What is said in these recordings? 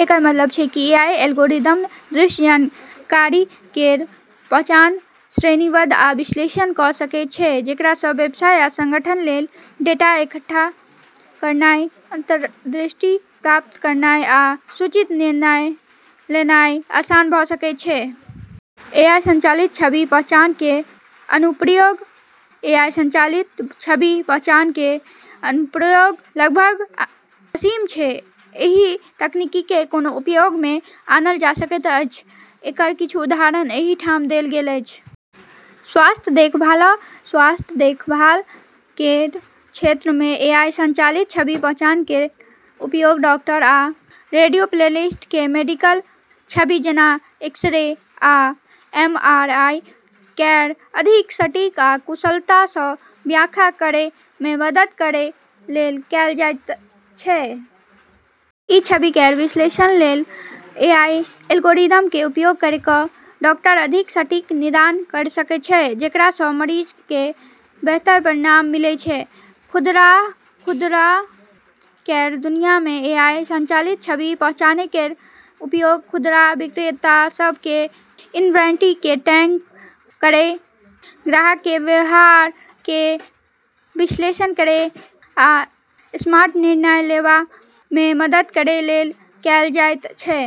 एकर मतलब छै कि एआई एल्गोरिदम दृश्य जानकारी केर पहचान, श्रेणीबद्ध आ विश्लेषण कऽ सकै छै, जेकरा सँ व्यवसाय आ संगठन लेल डेटा इकट्ठा करनाय, अंतर्दृष्टि प्राप्त करनाय आ सूचित निर्णय लेनाय आसान भऽ सकै छै। एआई संचालित छवि पहचान केर अनुप्रयोग एआई संचालित छवि पहचान केर अनुप्रयोग लगभग असीम छै। एहि तकनीक केँ कोना उपयोग मे आनल जा सकैत अछि एकर किछु उदाहरण एहि ठाम देल गेल अछि। स्वास्थ्य देखभाल: स्वास्थ्य देखभाल केर क्षेत्र मे एआई संचालित छवि पहचान केर उपयोग डॉक्टर आ रेडियोलॉजिस्ट केँ मेडिकल छवि, जेना एक्स-रे आ एमआरआई केर अधिक सटीक आ कुशलता सँ व्याख्या करै मे मदद करै लेल कएल जाइत छै। ई छवि केर विश्लेषण लेल एआई एल्गोरिदम केँ उपयोग करी कऽ डॉक्टर अधिक सटीक निदान करी सकै छै, जेकरा सँ मरीज केर बेहतर परिणाम मिलै छै। खुदरा: खुदरा केर दुनिया मे एआई संचालित छवि पहचान केर उपयोग खुदरा विक्रेता सभ केँ इन्वेंट्री केँ ट्रैक करै, ग्राहक केर व्यवहार केर विश्लेषण करै आ स्मार्ट निर्णय लेवा मे मदद करै लेल कएल जाइत छै।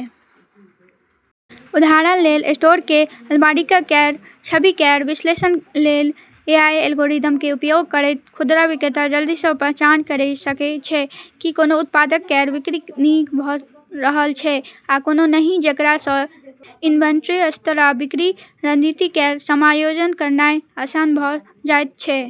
उदाहरण लेल स्टोर केर अलमारियक केर छवि केर विश्लेषण करै लेल एआई एल्गोरिदम केर उपयोग करैत खुदरा विक्रेता जल्दी सँ पहचान कऽ सकै छै की कोनो उत्पादक केर बिक्री नीक भऽ रहल छै आ कोनो नहि, जेकरा सँ इन्वेंट्री स्तर आ बिक्री रणनीति केर समायोजन करनाय आसान भऽ जाइत छै।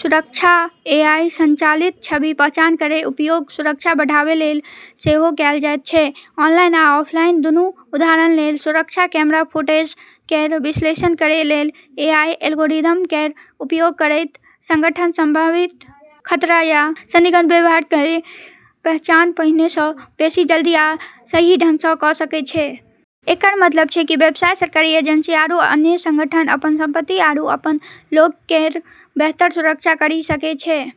सुरक्षा: एआई संचालित छवि पहचान केर उपयोग सुरक्षा बढ़ावैल लेल सेहो कएल जाइत छै, ऑनलाइन आ ऑफलाइन दूनू। उदाहरण लेल सुरक्षा कैमरा फुटेज केर विश्लेषण करै लेल एआई एल्गोरिदम केर उपयोग करैत, संगठन संभावित खतरा या संदिग्ध व्यवहार केर पहचान पहिने सँ बेसि जल्दी आ सही ढंग सँ कऽ सकै छै। एकर मतलब छै कि व्यवसाय, सरकारी एजेंसी, आरू अन्य संगठन अपन संपत्ति आरू अपन लोग केर बेहतर सुरक्षा करी सकै छै।